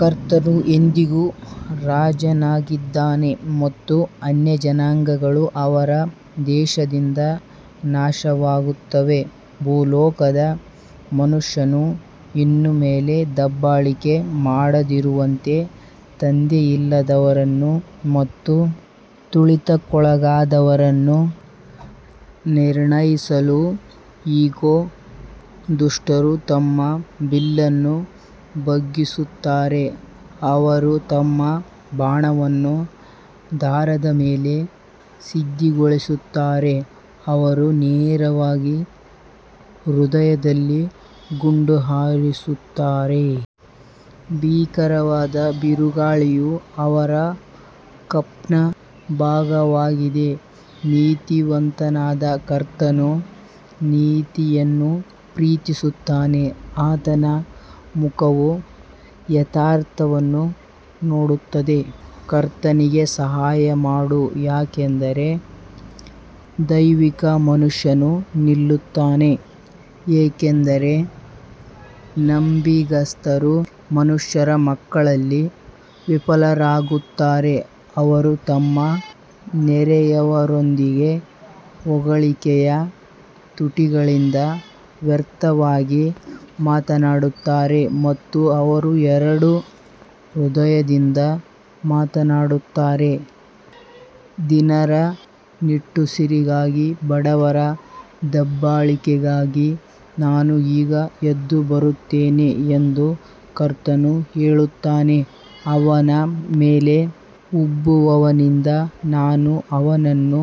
ಕರ್ತನು ಎಂದೆಂದಿಗೂ ರಾಜನಾಗಿದ್ದಾನೆ ಮತ್ತು ಅನ್ಯಜನಾಂಗಗಳು ಅವನ ದೇಶದಿಂದ ನಾಶವಾಗುತ್ತವೆ ಭೂಲೋಕದ ಮನುಷ್ಯನು ಇನ್ನು ಮೇಲೆ ದಬ್ಬಾಳಿಕೆ ಮಾಡದಿರುವಂತೆ ತಂದೆಯಿಲ್ಲದವರನ್ನು ಮತ್ತು ತುಳಿತಕ್ಕೊಳಗಾದವರನ್ನು ನಿರ್ಣಯಿಸಲು ಇಗೋ, ದುಷ್ಟರು ತಮ್ಮ ಬಿಲ್ಲನ್ನು ಬಗ್ಗಿಸುತ್ತಾರೆ, ಅವರು ತಮ್ಮ ಬಾಣವನ್ನು ದಾರದ ಮೇಲೆ ಸಿದ್ಧಗೊಳಿಸುತ್ತಾರೆ, ಅವರು ನೇರವಾಗಿ ಹೃದಯದಲ್ಲಿ ಗುಂಡು ಹಾರಿಸುತ್ತಾರೆ. ಭೀಕರವಾದ ಬಿರುಗಾಳಿಯು ಅವರ ಕಪ್ನ ಭಾಗವಾಗಿದೆ ನೀತಿವಂತನಾದ ಕರ್ತನು ನೀತಿಯನ್ನು ಪ್ರೀತಿಸುತ್ತಾನೆ ಆತನ ಮುಖವು ಯಥಾರ್ಥವನ್ನು ನೋಡುತ್ತದೆ ಕರ್ತನಿಗೆ ಸಹಾಯ ಮಾಡು ಯಾಕಂದರೆ ದೈವಿಕ ಮನುಷ್ಯನು ನಿಲ್ಲುತ್ತಾನೆ ಏಕೆಂದರೆ ನಂಬಿಗಸ್ತರು ಮನುಷ್ಯರ ಮಕ್ಕಳಲ್ಲಿ ವಿಫಲರಾಗುತ್ತಾರೆ ಅವರು ತಮ್ಮ ನೆರೆಯವರೊಂದಿಗೆ ಹೊಗಳಿಕೆಯ ತುಟಿಗಳಿಂದ ವ್ಯರ್ಥವಾಗಿ ಮಾತನಾಡುತ್ತಾರೆ ಮತ್ತು ಅವರು ಎರಡು ಹೃದಯದಿಂದ ಮಾತನಾಡುತ್ತಾರೆ ದೀನರ ನಿಟ್ಟುಸಿರಿಗಾಗಿ ಬಡವರ ದಬ್ಬಾಳಿಕೆಗಾಗಿ ನಾನು ಈಗ ಎದ್ದು ಬರುತ್ತೇನೆ ಎಂದು ಕರ್ತನು ಹೇಳುತ್ತಾನೆ, ಅವನ ಮೇಲೆ ಉಬ್ಬುವವನಿಂದ ನಾನು ಅವನನ್ನು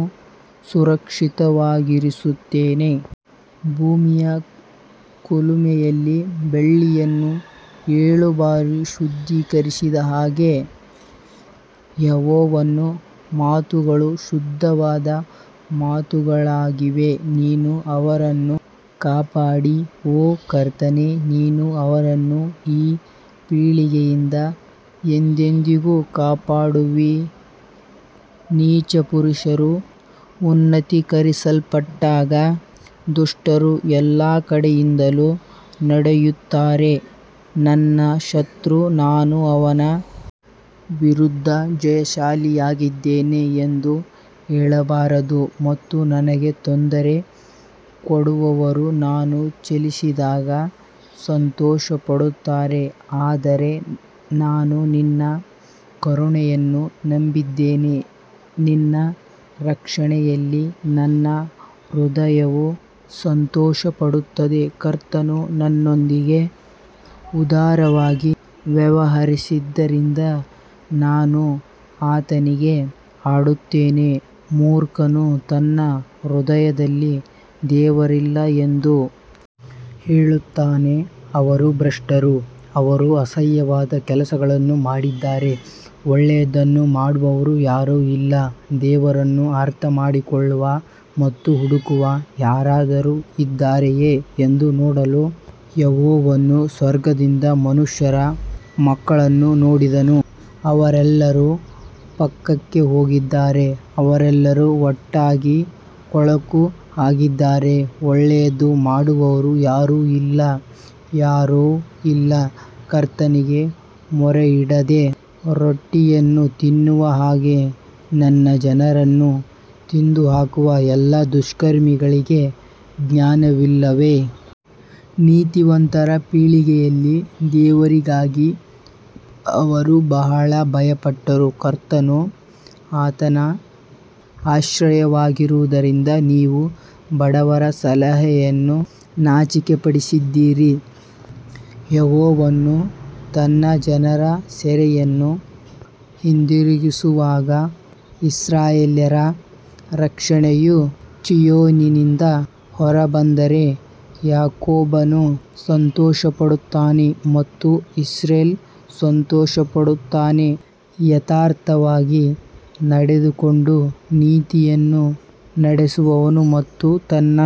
ಸುರಕ್ಷಿತವಾಗಿರಿಸುತ್ತೇನೆ. ಭೂಮಿಯ ಕುಲುಮೆಯಲ್ಲಿ ಬೆಳ್ಳಿಯನ್ನು ಏಳು ಬಾರಿ ಶುದ್ಧೀಕರಿಸಿದ ಹಾಗೆ ಯೆಹೋವನ ಮಾತುಗಳು ಶುದ್ಧವಾದ ಮಾತುಗಳಾಗಿವೆ ನೀನು ಅವರನ್ನು ಕಾಪಾಡಿ ಓ ಕರ್ತನೇ, ನೀನು ಅವರನ್ನು ಈ ಪೀಳಿಗೆಯಿಂದ ಎಂದೆಂದಿಗೂ ಕಾಪಾಡುವಿ ನೀಚ ಪುರುಷರು ಉನ್ನತೀಕರಿಸಲ್ಪಟ್ಟಾಗ ದುಷ್ಟರು ಎಲ್ಲಾ ಕಡೆಯಿಂದಲೂ ನಡೆಯುತ್ತಾರೆ ನನ್ನ ಶತ್ರು ನಾನು ಅವನ ವಿರುದ್ಧ ಜಯಶಾಲಿಯಾಗಿದ್ದೇನೆ ಎಂದು ಹೇಳಬಾರದು ಮತ್ತು ನನಗೆ ತೊಂದರೆ ಕೊಡುವವರು ನಾನು ಚಲಿಸಿದಾಗ ಸಂತೋಷಪಡುತ್ತಾರೆ ಆದರೆ ನಾನು ನಿನ್ನ ಕರುಣೆಯನ್ನು ನಂಬಿದ್ದೇನೆ, ನಿನ್ನ ರಕ್ಷಣೆಯಲ್ಲಿ ನನ್ನ ಹೃದಯವು ಸಂತೋಷಪಡುತ್ತದೆ ಕರ್ತನು ನನ್ನೊಂದಿಗೆ ಉದಾರವಾಗಿ ವ್ಯವಹರಿಸಿದ್ದರಿಂದ ನಾನು ಆತನಿಗೆ ಹಾಡುತ್ತೇನೆ ಮೂರ್ಖನು ತನ್ನ ಹೃದಯದಲ್ಲಿ ದೇವರಿಲ್ಲ ಎಂದು ಹೇಳುತ್ತಾನೆ ಅವರು ಭ್ರಷ್ಟರು ಅವರು ಅಸಹ್ಯವಾದ ಕೆಲಸಗಳನ್ನು ಮಾಡಿದ್ದಾರೆ ಒಳ್ಳೆಯದನ್ನು ಮಾಡುವವರು ಯಾರೂ ಇಲ್ಲ ದೇವರನ್ನು ಅರ್ಥಮಾಡಿಕೊಳ್ಳುವ ಮತ್ತು ಹುಡುಕುವ ಯಾರಾದರೂ ಇದ್ದಾರೆಯೇ ಎಂದು ನೋಡಲು ಯೆಹೋವನು ಸ್ವರ್ಗದಿಂದ ಮನುಷ್ಯರ ಮಕ್ಕಳನ್ನು ನೋಡಿದನು ಅವರೆಲ್ಲರೂ ಪಕ್ಕಕ್ಕೆ ಹೋಗಿದ್ದಾರೆ ಅವರೆಲ್ಲರೂ ಒಟ್ಟಾಗಿ ಕೊಳಕು ಆಗಿದ್ದಾರೆ ಒಳ್ಳೆಯದು ಮಾಡುವವರು ಯಾರೂ ಇಲ್ಲ ಯಾರೂ ಇಲ್ಲ ಕರ್ತನಿಗೆ ಮೊರೆಯಿಡದೆ ರೊಟ್ಟಿಯನ್ನು ತಿನ್ನುವ ಹಾಗೆ ನನ್ನ ಜನರನ್ನು ತಿಂದುಹಾಕುವ ಎಲ್ಲಾ ದುಷ್ಕರ್ಮಿಗಳಿಗೆ ಜ್ಞಾನವಿಲ್ಲವೇ? ನೀತಿವಂತರ ಪೀಳಿಗೆಯಲ್ಲಿ ದೇವರಿಗಾಗಿ ಅವರು ಬಹಳ ಭಯಪಟ್ಟರು ಕರ್ತನು ಆತನ ಆಶ್ರಯವಾಗಿರುವುದರಿಂದ ನೀವು ಬಡವರ ಸಲಹೆಯನ್ನು ನಾಚಿಕೆಪಡಿಸಿದ್ದೀರಿ ಯೆಹೋವನು ತನ್ನ ಜನರ ಸೆರೆಯನ್ನು ಹಿಂದಿರುಗಿಸುವಾಗ ಇಸ್ರಾಯೇಲ್ಯರ ರಕ್ಷಣೆಯು ಚೀಯೋನಿನಿಂದ ಹೊರಬಂದರೆ, ಯಾಕೋಬನು ಸಂತೋಷಪಡುತ್ತಾನೆ ಮತ್ತು ಇಸ್ರೇಲ್ ಸಂತೋಷಪಡುತ್ತಾನೆ. ಯಥಾರ್ಥವಾಗಿ ನಡೆದುಕೊಂಡು ನೀತಿಯನ್ನು ನಡಿಸುವವನು ಮತ್ತು ತನ್ನ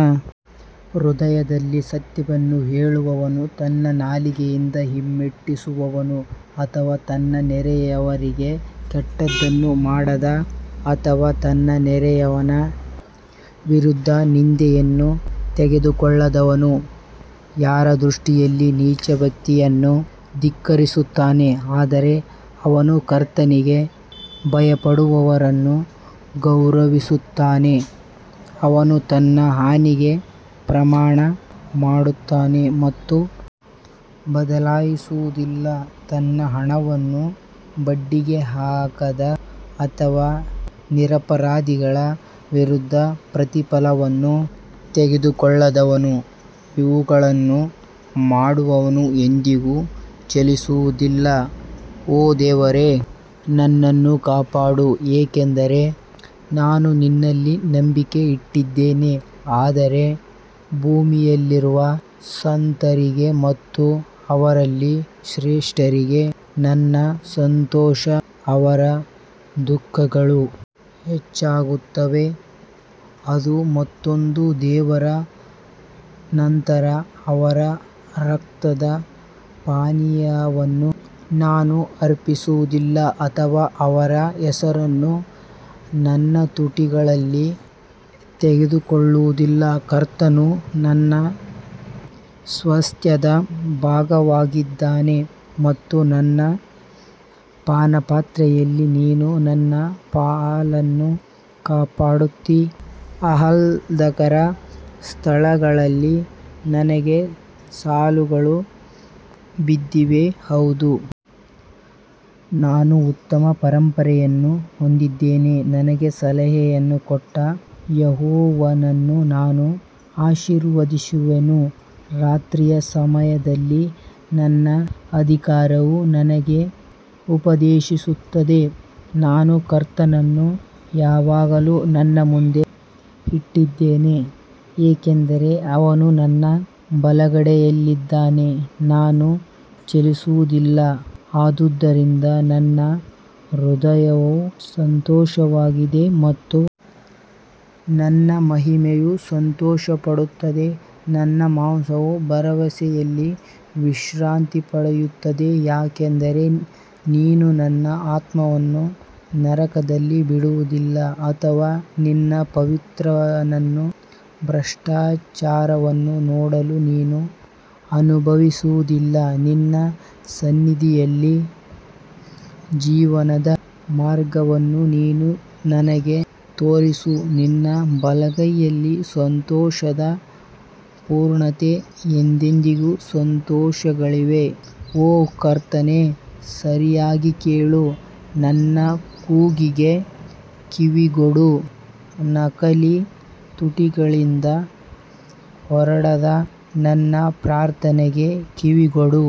ಹೃದಯದಲ್ಲಿ ಸತ್ಯವನ್ನು ಹೇಳುವವನು ತನ್ನ ನಾಲಿಗೆಯಿಂದ ಹಿಮ್ಮೆಟ್ಟಿಸುವವನು ಅಥವಾ ತನ್ನ ನೆರೆಯವರಿಗೆ ಕೆಟ್ಟದ್ದನ್ನು ಮಾಡದ ಅಥವಾ ತನ್ನ ನೆರೆಯವನ ವಿರುದ್ಧ ನಿಂದೆಯನ್ನು ತೆಗೆದುಕೊಳ್ಳದವನು ಯಾರ ದೃಷ್ಟಿಯಲ್ಲಿ ನೀಚ ವ್ಯಕ್ತಿಯನ್ನು ಧಿಕ್ಕರಿಸುತ್ತಾನೆ ಆದರೆ ಅವನು ಕರ್ತನಿಗೆ ಭಯಪಡುವವರನ್ನು ಗೌರವಿಸುತ್ತಾನೆ, ಅವನು ತನ್ನ ಹಾನಿಗೆ ಪ್ರಮಾಣ ಮಾಡುತ್ತಾನೆ ಮತ್ತು ಬದಲಾಯಿಸುವುದಿಲ್ಲ ತನ್ನ ಹಣವನ್ನು ಬಡ್ಡಿಗೆ ಹಾಕದ ಅಥವಾ ನಿರಪರಾಧಿಗಳ ವಿರುದ್ಧ ಪ್ರತಿಫಲವನ್ನು ತೆಗೆದುಕೊಳ್ಳದವನು ಇವುಗಳನ್ನು ಮಾಡುವವನು ಎಂದಿಗೂ ಚಲಿಸುವುದಿಲ್ಲ ಓ ದೇವರೇ ನನ್ನನ್ನು ಕಾಪಾಡು ಏಕೆಂದರೆ ನಾನು ನಿನ್ನಲ್ಲಿ ನಂಬಿಕೆ ಇಟ್ಟಿದ್ದೇನೆ ಆದರೆ ಭೂಮಿಯಲ್ಲಿರುವ ಸಂತರಿಗೆ ಮತ್ತು ಅವರಲ್ಲಿ ಶ್ರೇಷ್ಠರಿಗೆ ನನ್ನ ಸಂತೋಷ ಅವರ ದುಃಖಗಳು ಹೆಚ್ಚಾಗುತ್ತವೆ, ಅದು ಮತ್ತೊಂದು ದೇವರ ನಂತರ ಅವರ ರಕ್ತದ ಪಾನೀಯವನ್ನು ನಾನು ಅರ್ಪಿಸುವುದಿಲ್ಲ ಅಥವಾ ಅವರ ಹೆಸರನ್ನು ನನ್ನ ತುಟಿಗಳಲ್ಲಿ ತೆಗೆದುಕೊಳ್ಳುವುದಿಲ್ಲ ಕರ್ತನು ನನ್ನ ಸ್ವಾಸ್ತ್ಯದ ಭಾಗವಾಗಿದ್ದಾನೆ ಮತ್ತು ನನ್ನ ಪಾನಪಾತ್ರೆಯಲ್ಲಿ ನೀನು ನನ್ನ ಪಾಲನ್ನು ಕಾಪಾಡುತ್ತೀ ಆಹ್ಲಾದಕರ ಸ್ಥಳಗಳಲ್ಲಿ ನನಗೆ ಸಾಲುಗಳು ಬಿದ್ದಿವೆ, ಹೌದು ನಾನು ಉತ್ತಮ ಪರಂಪರೆಯನ್ನು ಹೊಂದಿದ್ದೇನೆ ನನಗೆ ಸಲಹೆಯನ್ನು ಕೊಟ್ಟ ಯೆಹೋವನನ್ನು ನಾನು ಆಶೀರ್ವದಿಸುವೆನು, ರಾತ್ರಿಯ ಸಮಯದಲ್ಲಿ ನನ್ನ ಅಧಿಕಾರವು ನನಗೆ ಉಪದೇಶಿಸುತ್ತದೆ ನಾನು ಕರ್ತನನ್ನು ಯಾವಾಗಲೂ ನನ್ನ ಮುಂದೆ ಇಟ್ಟಿದ್ದೇನೆ ಏಕೆಂದರೆ ಅವನು ನನ್ನ ಬಲಗಡೆಯಲ್ಲಿದ್ದಾನೆ, ನಾನು ಚಲಿಸುವುದಿಲ್ಲ ಆದುದರಿಂದ ನನ್ನ ಹೃದಯವು ಸಂತೋಷವಾಗಿದೆ ಮತ್ತು ನನ್ನ ಮಹಿಮೆಯು ಸಂತೋಷಪಡುತ್ತದೆ ನನ್ನ ಮಾಂಸವು ಭರವಸೆಯಲ್ಲಿ ವಿಶ್ರಾಂತಿ ಪಡೆಯುತ್ತದೆ ಯಾಕಂದರೆ ನೀನು ನನ್ನ ಆತ್ಮವನ್ನು ನರಕದಲ್ಲಿ ಬಿಡುವುದಿಲ್ಲ ಅಥವಾ ನಿನ್ನ ಪವಿತ್ರನನ್ನು ಭ್ರಷ್ಟಾಚಾರವನ್ನು ನೋಡಲು ನೀನು ಅನುಭವಿಸುವುದಿಲ್ಲ ನಿನ್ನ ಸನ್ನಿಧಿಯಲ್ಲಿ ಜೀವನದ ಮಾರ್ಗವನ್ನು ನೀನು ನನಗೆ ತೋರಿಸು ನಿನ್ನ ಬಲಗೈಯಲ್ಲಿ ಸಂತೋಷದ ಪೂರ್ಣತೆ ಎಂದೆಂದಿಗೂ ಸಂತೋಷಗಳಿವೆ ಓ ಕರ್ತನೇ ಸರಿಯಾಗಿ ಕೇಳು ನನ್ನ ಕೂಗಿಗೆ ಕಿವಿಗೊಡು, ನಕಲಿ ತುಟಿಗಳಿಂದ ಹೊರಡದ ನನ್ನ ಪ್ರಾರ್ಥನೆಗೆ ಕಿವಿಗೊಡು.